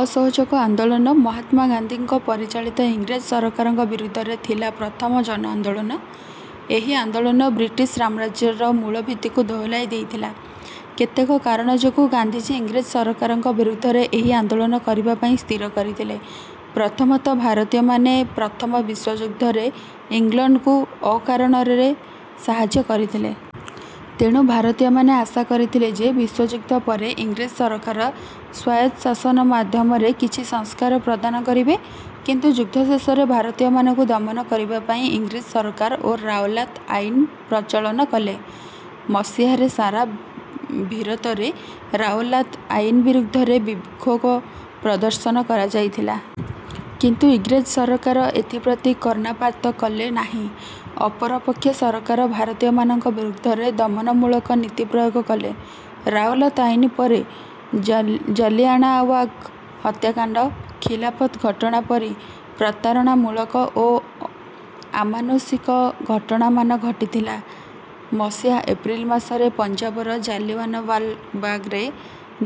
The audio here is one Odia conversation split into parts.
ଅସହଯୋଗ ଆନ୍ଦୋଳନ ମହାତ୍ମା ଗାନ୍ଧୀଙ୍କ ପରିଚାଳିତ ଇଂରେଜ ସରକାରଙ୍କ ବିରୁଦ୍ଧରେ ଥିଲା ପ୍ରଥମ ଜନ ଆନ୍ଦୋଳନ। ଏହି ଆନ୍ଦୋଳନ ବ୍ରିଟିଶ ସାମ୍ରାଜ୍ୟର ମୂଳଭିତ୍ତିକୁ ଦୋହଲାଇ ଦେଇଥିଲା। କେତେକ କାରଣ ଯୋଗୁଁ ଗାନ୍ଧିଜୀ ଇଂରେଜ ସରକାର ବିରୁଦ୍ଧରେ ଏହି ଆନ୍ଦୋଳନ କରିବା ପାଇଁ ସ୍ଥିର କରିଥିଲେ। ପ୍ରଥମତଃ ଭାରତୀୟମାନେ ପ୍ରଥମ ବିଶ୍ୱଯୁଦ୍ଧରେ ଇଂଲଣ୍ଡକୁ ଅକାରଣରେ ସାହାଯ୍ୟ କରିଥିଲେ। ତେଣୁ ଭାରତୀୟମାନେ ଆଶା କରିଥିଲେ ଯେ ବିଶ୍ୱଯୁଦ୍ଧ ପରେ ଇଂରେଜ ସରକାର ସ୍ୱାୟତ ଶାସନ ମାଧ୍ୟମରେ କିଛି ସଂସ୍କାର ପ୍ରଦାନ କରିବେ। କିନ୍ତୁ ଯୁଦ୍ଧ ଶେଷରେ ଭାରତୀୟମାନଙ୍କୁ ଦମନ କରିବା ପାଇଁ ଇଂରେଜ ସରକାର ରାଓଲାତ୍ ଆଇନ ପ୍ରଚଳନ କଲେ। ମସିହାରେ ସାରା ଭିରତରେ ରାଓଲାତ୍ ଆଇନ ବିରୁଦ୍ଧରେ ବିକ୍ଷୋଭ ପ୍ରଦର୍ଶନ କରାଯାଇଥିଲା। କିନ୍ତୁ ଇଂରେଜ ସରକାର ଏଥିପ୍ରତି କର୍ଣ୍ଣପାତ କଲେ ନାହିଁ। ଅପରପକ୍ଷେ ସରକାର ଭାରତୀୟମାନଙ୍କ ବିରୁଦ୍ଧରେ ଦମନମୂଳକ ନୀତି ପ୍ରୟୋଗ କଲେ। ରାଓଲାତ୍ ଆଇନ ପରେ ଜାଲି ଜଳିଆନାୱାନାବାଗ୍ ହତ୍ୟାକାଣ୍ଡ, ଖିଲାଫତ୍ ଘଟଣା ପରି ପ୍ରତାରଣାମୂଳକ ଓ ଆମାନୁଷିକ ଘଟଣାମାନ ଘଟିଥିଲା। ମସିହା ଏପ୍ରିଲ ମାସରେ ପଞ୍ଜାବର ଜାଲିଆନାୱାଲାବାଗରେ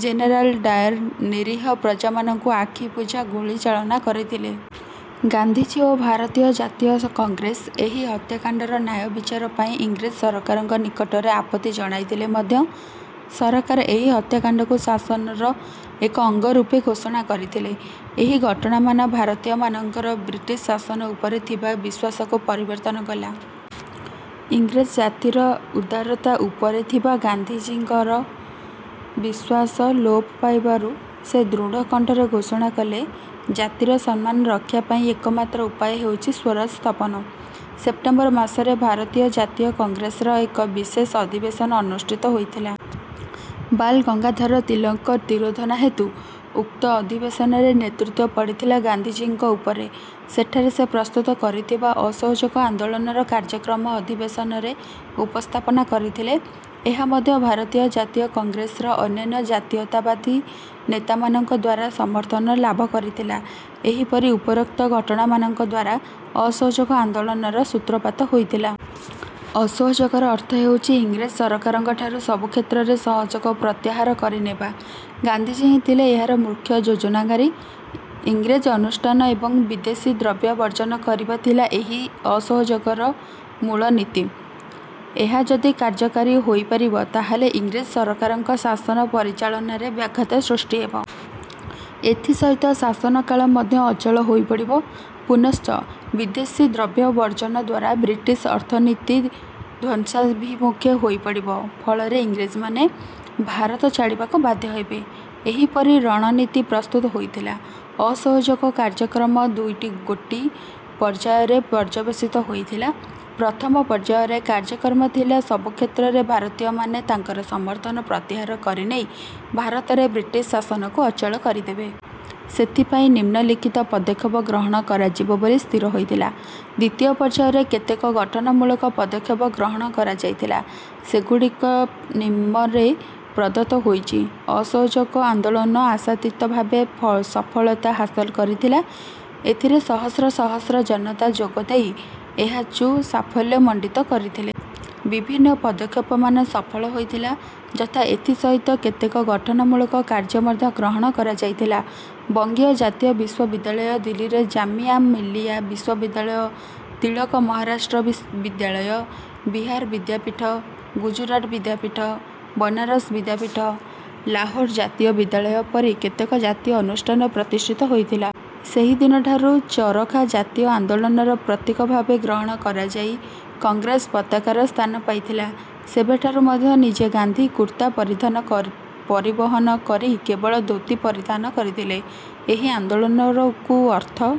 ଜେନେରାଲ୍ ଡାୟାର ନିରୀହ ପ୍ରଜାମାନଙ୍କୁ ଆଖିବୁଜା ଗୁଳିଚାଳନା କରିଥିଲେ। ଗାନ୍ଧିଜୀ ଓ ଭାରତୀୟ ଜାତୀୟ କଂଗ୍ରେସ ଏହି ହତ୍ୟାକାଣ୍ଡର ନ୍ୟାୟ ବିଚାର ପାଇଁ ଇଂରେଜ ସରକାରଙ୍କ ନିକଟରେ ଆପତ୍ତି ଜଣାଇଥିଲେ ମଧ୍ୟ ସରକାର ଏହି ହତ୍ୟାକାଣ୍ଡକୁ ଶାସନର ଏକ ଅଙ୍ଗ ରୂପେ ଘୋଷଣା କରିଥିଲେ। ଏହି ଘଟଣାମାନ ଭାରତୀୟମାନଙ୍କର ବ୍ରିଟିଶ ଶାସନ ଉପରେ ଥିବା ବିଶ୍ୱାସକୁ ପରିବର୍ତ୍ତନ କଲା। ଇଂରେଜ ଜାତିର ଉଦାରତା ଉପରେ ଥିବା ଗାନ୍ଧିଙ୍କର ବିଶ୍ୱାସ ଲୋପ ପାଇବାରୁ ସେ ଦୃଢ କଣ୍ଠରେ ଘୋଷଣା କଲେ, "ଜାତିର ସମ୍ନାନ ରକ୍ଷା ପାଇଁ ଏକମାତ୍ର ଉପାୟ ହେଉଛି ସ୍ୱରାଜ ସ୍ଥପନ। ସେପ୍ଟେମ୍ବର ମାସରେ ଭାରତୀୟ ଜାତୀୟ କଂଗ୍ରେସର ଏକ ବିଶେଷ ଅଧିବେଶନ ଅନୁଷ୍ଠିତ ହୋଇଥିଲା। ବାଲ୍ ଗଙ୍ଗାଧର ତିଳକଙ୍କ ତିରୋଧାନ ହେତୁ ଉକ୍ତ ଅଧିବେଶନରେ ନେତୃତ୍ୱ ପଡିଥିଲା ଗାନ୍ଧିଜୀଙ୍କ ଉପରେ। ସେଠାରେ ସେ ପ୍ରସ୍ତୁତ କରିଥିବା ଅସହଯୋଗ ଆନ୍ଦୋଳନର କାର୍ଯ୍ୟକ୍ରମ ଅଧିବେଶନରେ ଉପସ୍ଥାପନ କରିଥିଲେ। ଏହା ମଧ୍ୟ ଭାରତୀୟ ଜାତୀୟ କଂଗ୍ରେସର ଅନ୍ୟାନ୍ୟ ଜାତୀୟତାବାଦୀ ନେତାମାନଙ୍କଦ୍ୱାରା ସମର୍ଥନ ଲାଭ କରିଥିଲା। ଏହିପରି ଉପରୋକ୍ତ ଘଟଣାମାନଙ୍କଦ୍ୱାରା ଅସହଯୋଗ ଆନ୍ଦୋଳନର ସୂତ୍ରପାତ ହୋଇଥିଲା। ଅସହଯୋଗର ଅର୍ଥ ହେଉଛି ଇଂରେଜ ସରକାରଙ୍କଠାରୁ ସବୁ କ୍ଷେତ୍ରରେ ସହଯୋଗ ପ୍ରତ୍ୟାହାର କରିନେବା। ଗାନ୍ଧିଜୀ ହିଁ ଥିଲେ ଏହାର ମୁଖ୍ୟ ଯୋଜନାକାରୀ। ଇଂରେଜ ଅନୁଷ୍ଠାନ ଏବଂ ବିଦେଶୀ ଦ୍ରବ୍ୟ ବର୍ଜନ କରିବା ଥିଲା ଏହି ଅସହଯୋଗର ମୂଳନୀତି। ଏହା ଯଦି କାର୍ଯ୍ୟକାରୀ ହୋଇପାରି୍ବ ତାହାଲେ ଇଂରେଜ ସରକାରଙ୍କ ଶାସନ ପରିଚାଳନାରେ ବ୍ୟାଘାତ ସୃଷ୍ଟି ହେବ। ଏଥିସହିତ ଶାସନକାଳ ମଧ୍ୟ ଅଚଳ ହୋଇପଡିବ। ପୁନଶ୍ଚ ବିଦେଶୀ ଦ୍ରବ୍ୟ ବର୍ଜନଦ୍ୱାରା ବ୍ରିଟିଶର ଅର୍ଥନୀତି ଧ୍ୱଂସାଭିମୁଖୀ ହୋଇପଡିବ। ଫଳରେ ଇଂରେଜମାନେ ଭାରତ ଛାଡିବାକୁ ବାଧ୍ୟ ହେବେ। ଏହିପରି ରଣନୀତି ପ୍ରସ୍ତୁତ ହୋଇଥିଲା। ଅସହଯୋଗ କାର୍ଯ୍ୟକ୍ରମ ଦୁଇଟିଗୋଟି ପର୍ଯ୍ୟାୟରେ ପର୍ଯ୍ୟବେଶିତ ହୋଇଥିଲେ। ପ୍ରଥମ ପର୍ଯ୍ୟାୟରେ କାର୍ଯ୍ୟକ୍ରମ ଥିଲା ସବୁକ୍ଷେତ୍ରରେ ଭାରତୀୟମାନେ ତାଙ୍କର ସମର୍ଥନ ପତ୍ୟାହାର କରିନେଇ ଭାରତରେ ବ୍ରିଟିଶ ଶାସନକୁ ଅଚଳ ଚରିଦେବେ। ସେଥିପାଇଁ ନିମ୍ନଲିଖିତ ପଦକ୍ଷେପ ଗ୍ରହଣ କରାଯିବ ବୋଲି ସ୍ଥିର ହୋଇଥିଲା। ଦ୍ୱିତୀୟ ପର୍ଯ୍ୟାୟରେ କେତେକ ଗଠନମୂଳକ ପଦକ୍ଷେପ ଗ୍ରହଣ କରାଯାଇଥିଲା। ସେଗୁଡିଚ ନିମ୍ନରେ ପ୍ରଦତ୍ତ ହୋଇଛି- ଅସହଯୋଗ ଆନ୍ଦୋଳନ ଆଶାତୀତ ଭାବେ ସଫଳତା ହାସଲ କରିଥିଲା। ଏଥିରେ ସହସ୍ର ସହସ୍ର ଜନତା ଯୋଗଦେଇ ଏହାଚୁ ସାଫଲ୍ୟମଣ୍ଡିତ କରିଥିଲେ। ବିଭିନ୍ନ ପଦକ୍ଷେପମାନ ସଫଳ ହୋଇଥିଲା, ଯଥା; ଏଥି ସହିତ କେତେକ ଗଠନମୂଳକ କାର୍ଯ୍ୟ ମଧ୍ୟ ଗ୍ରହଣ କରାଯାଇଥିଲା। ବଙ୍ଗୀୟ ଜାତୀୟ ବିଶ୍ୱବିଦ୍ୟାଳୟ, ଦିଲ୍ଲୀର ଜାମିଆ ମିଲିଆ ବିଶ୍ୱବିଦ୍ୟାଳୟ, ତିଳକ ମହାରାଷ୍ଟ୍ର ବିଦ୍ୟାଳୟ, ବିହାର ବିଦ୍ୟାପୀଠ, ଗୁଜରାଟ ବିଦ୍ୟାପୀଠ, ବନାରସ ବିଦ୍ୟାପୀଠ, ଲାହୋର ଜାତୀୟ ବିଦ୍ୟାଳୟ ପରି କେତେକ ଜାତୀୟ ଅନୁଷ୍ଠାନ ପ୍ରତିଷ୍ଠିତ ହୋଇଥିଲା। ସେହି ଦିନଠାରୁ ଚରଖା ଜାତୀୟ ଆନ୍ଦୋଳନର ପ୍ରତୀକ ଭାବେ ଗ୍ରହଣ କରାଯାଇ କଂଗ୍ରେସ ପତାକାରେ ସ୍ଥାନ ପାଇଥିଲା। ସେବେଠାରୁ ମଧ୍ୟ ନିଜେ ଗାନ୍ଧିଜୀ କୁର୍ତ୍ତା ପରିଧାନ କର ପରିବହନ କରି କେବଳ ଧୋତି ପରିଧାନ କରିଥିଲେ। ଏହି ଆନ୍ଦୋଳନକୁ ଅର୍ଥ